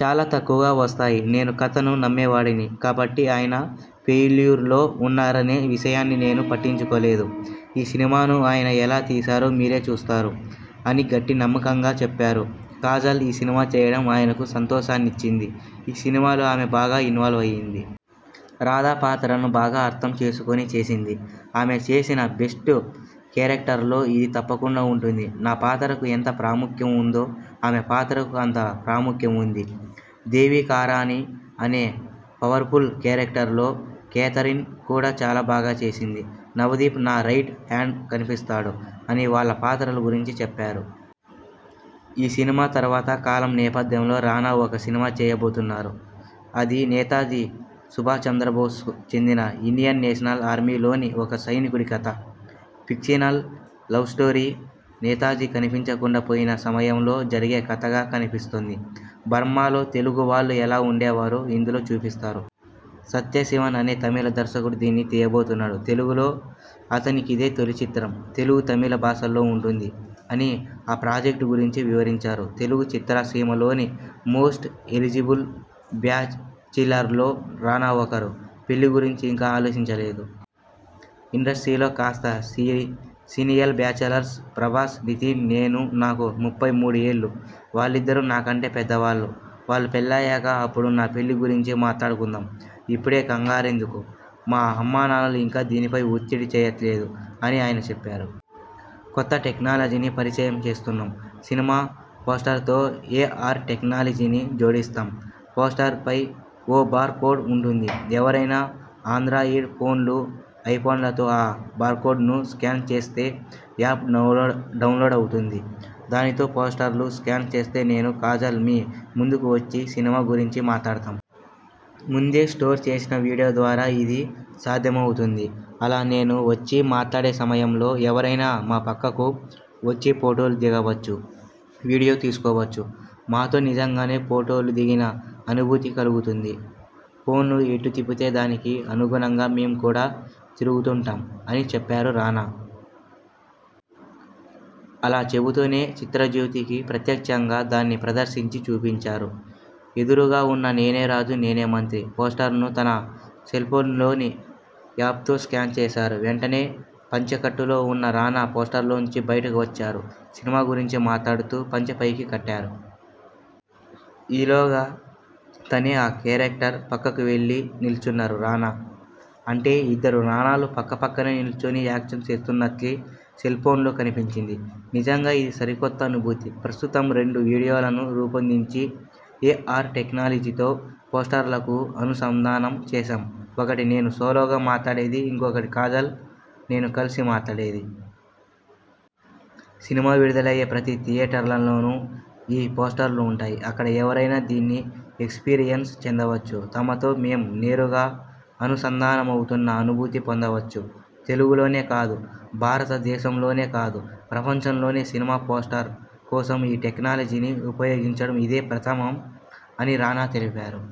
చాలా తక్కువగా వస్తాయి. నేను కథను నమ్మేవాడిని కాబట్టి, ఆయన ఫెయిల్యూర్లో ఉన్నారనే విషయాన్ని నేను పట్టించుకోలేదు. ఈ సినిమాను ఆయన ఎలా తీశారో మీరే చూస్తారు! '' అని గట్టి నమ్మకంగా చెప్పారు. కాజల్ ఈ సినిమా చేయడం ఆయనకు సంతోషాన్నిచ్చింది. ''ఈ సినిమాలో ఆమె బాగా ఇన్వాల్వ్ అయింది. రాధ పాత్రను బాగా అర్థం చేసుకొని చేసింది. ఆమె చేసిన బెస్ట్ కేరక్టర్లో ఇది తప్పకుండా ఉంటుంది. నా పాత్రకు ఎంత ప్రాముఖ్యం ఉందో ఆమె పాత్రకూ అంత ప్రాముఖ్యం ఉంది. దేవికారాణి అనే పవర్ఫుల్ కేరక్టర్లో కేథరిన్ కూడా చాలా బాగా చేసింది. నవదీప్ నా రైట్ హ్యాండ్గా కనిపిస్తాడు'' అని వాళ్ల పాత్రల గురించి చెప్పారు. ఈ సినిమా తర్వాత కాలం నేపథ్యంలో రానా ఒక సినిమా చేయ బోతున్నారు. ''అది నేతాజీ సుభాష్చంద్రబోస్కు చెందిన ఇండియన్ నేషనల్ ఆర్మీలోని ఒక సైనికుడి కథ. Fictional love story. నేతాజీ కనిపించకుండా పోయిన సమయంలో జరిగే కథగా కనిపిస్తుంది. బర్మాలో తెలుగు వాళ్లు ఎలా ఉండేవారో ఇందులో చూపిస్తారు. సత్య శివన్ అనే తమిళ దర్శకుడు దీన్ని తీయబోతున్నాడు. తెలుగులో అతనికిదే తొలి చిత్రం. తెలుగు, తమిళ భాషల్లో ఉంటుంది'' అని ఆ ప్రాజెక్ట్ గురించి వివరించారు. తెలుగు చిత్ర సీమలోని మోస్ట్ ఎలిజిబుల్ బ్యాచిలర్లో రానా ఒకరు. ''పెళ్లి గురించి ఇంకా ఆలోచించ లేదు. ఇండస్ట్రీలో కాస్త సీనియర్ బ్యాచిలర్స్.. ప్రభాస్, నితిన్, నేను. నాకు ముప్పై మూడు ఏళ్లు. వాళ్లిద్దరూ నా కంటే పెద్దవాళ్లు. వాళ్ల పెళ్లయ్యాక అప్పుడు నా పెళ్లి గురించి మాట్లాడుకుందాం. ఇప్పుడే కంగా రెందుకు? మా అమ్మానాన్నలు ఇంకా దీనిపై ఒత్తిడి చేయట్లేదు'' అని ఆయన చెప్పారు. కొత్త టెక్నాలజీని పరిచయం చేస్తున్నాం''సినిమా పోస్టర్తో ఏఆర్ టెక్నాలజీని జోడిస్తాం. పోస్టర్పై ఓ 'బార్ కోడ్' ఉంటుంది. ఎవరైనా ఆండ్రాయిడ్ ఫోన్లు, ఐ ఫోన్లతో ఆ బార్కోడ్ను స్కాన్ చేస్తే, యాప్ డౌన్లోడ్ అవుతుంది. దానితో పోస్టర్ను స్కాన్ చేస్తే నేను, కాజల్ మీ ముందుకు వచ్చి సినిమా గురించి మాట్లాడతాం. ముందే స్టోర్ చేసిన వీడియో ద్వారా ఇది సాధ్యమవుతుంది. అలా నేను వచ్చి మాట్లాడే సమయంలో ఎవరైనా మా పక్కకు వచ్చి ఫొటోలు దిగవచ్చు. వీడియో తీసుకోవచ్చు. మాతో నిజంగానే ఫొటోలు దిగిన అనుభూతి కలుగుతుంది. ఫోన్ను ఎటు తిప్పితే, దానికి అనుగుణంగా మేం కూడా తిరుగుతుంటాం'' అని చెప్పారు రానా. అలా చెబుతూనే చిత్రజ్యోతికి ప్రత్యక్షంగా దాన్ని ప్రదర్శించి చూపించారు. ఎదురుగా ఉన్న 'నేనే రాజు నేనే మంత్రి' పోస్టర్ను తన సెల్ఫోన్లోని యాప్తో స్కాన్ చేశారు. వెంటనే పంచె కట్టులో ఉన్న రానా పోస్టర్లోంచి బయటకు వచ్చారు. సినిమా గురించి మాట్లాడుతూ పంచె పైకి కట్టారు. ఈ లోగా తనే ఆ కేరక్టర్ పక్కకు వెళ్లి నిల్చున్నారు రానా. అంటే ఇద్దరు రానాలు పక్కపక్కనే నిల్చుని యాక్షన్ చేస్తున్నట్లే సెల్ఫోన్లో కనిపించింది. నిజంగా ఇది సరికొత్త అనుభూతి! ''ప్రస్తుతం రెండు వీడియోలను రూపొందించి ఏఆర్ టెక్నాలజీతో పోస్టర్లకు అనుసంధానం చేశాం. ఒకటి నేను సోలోగా మాట్లాడేది, ఇంకొకటి కాజల్, నేను కలిసి మాట్లాడేది. సినిమా విడుదలయ్యే ప్రతి థియేటర్లోనూ ఈ పోస్టర్లు ఉంటాయి. అక్కడ ఎవరైనా దీన్ని ఎక్స్పీరియెన్స్ చెందవచ్చు. తమతో మేం నేరుగా అనుసంధాన మవుతున్న అనుభూతి పొందవచ్చు. తెలుగులోనే కాదు, భారతదేశంలోనే కాదు, ప్రపంచంలోనే సినిమా పోస్టర్ కోసం ఈ టెక్నాలజీని ఉపయోగించడం ఇదే ప్రథమం'' అని రానా తెలిపారు.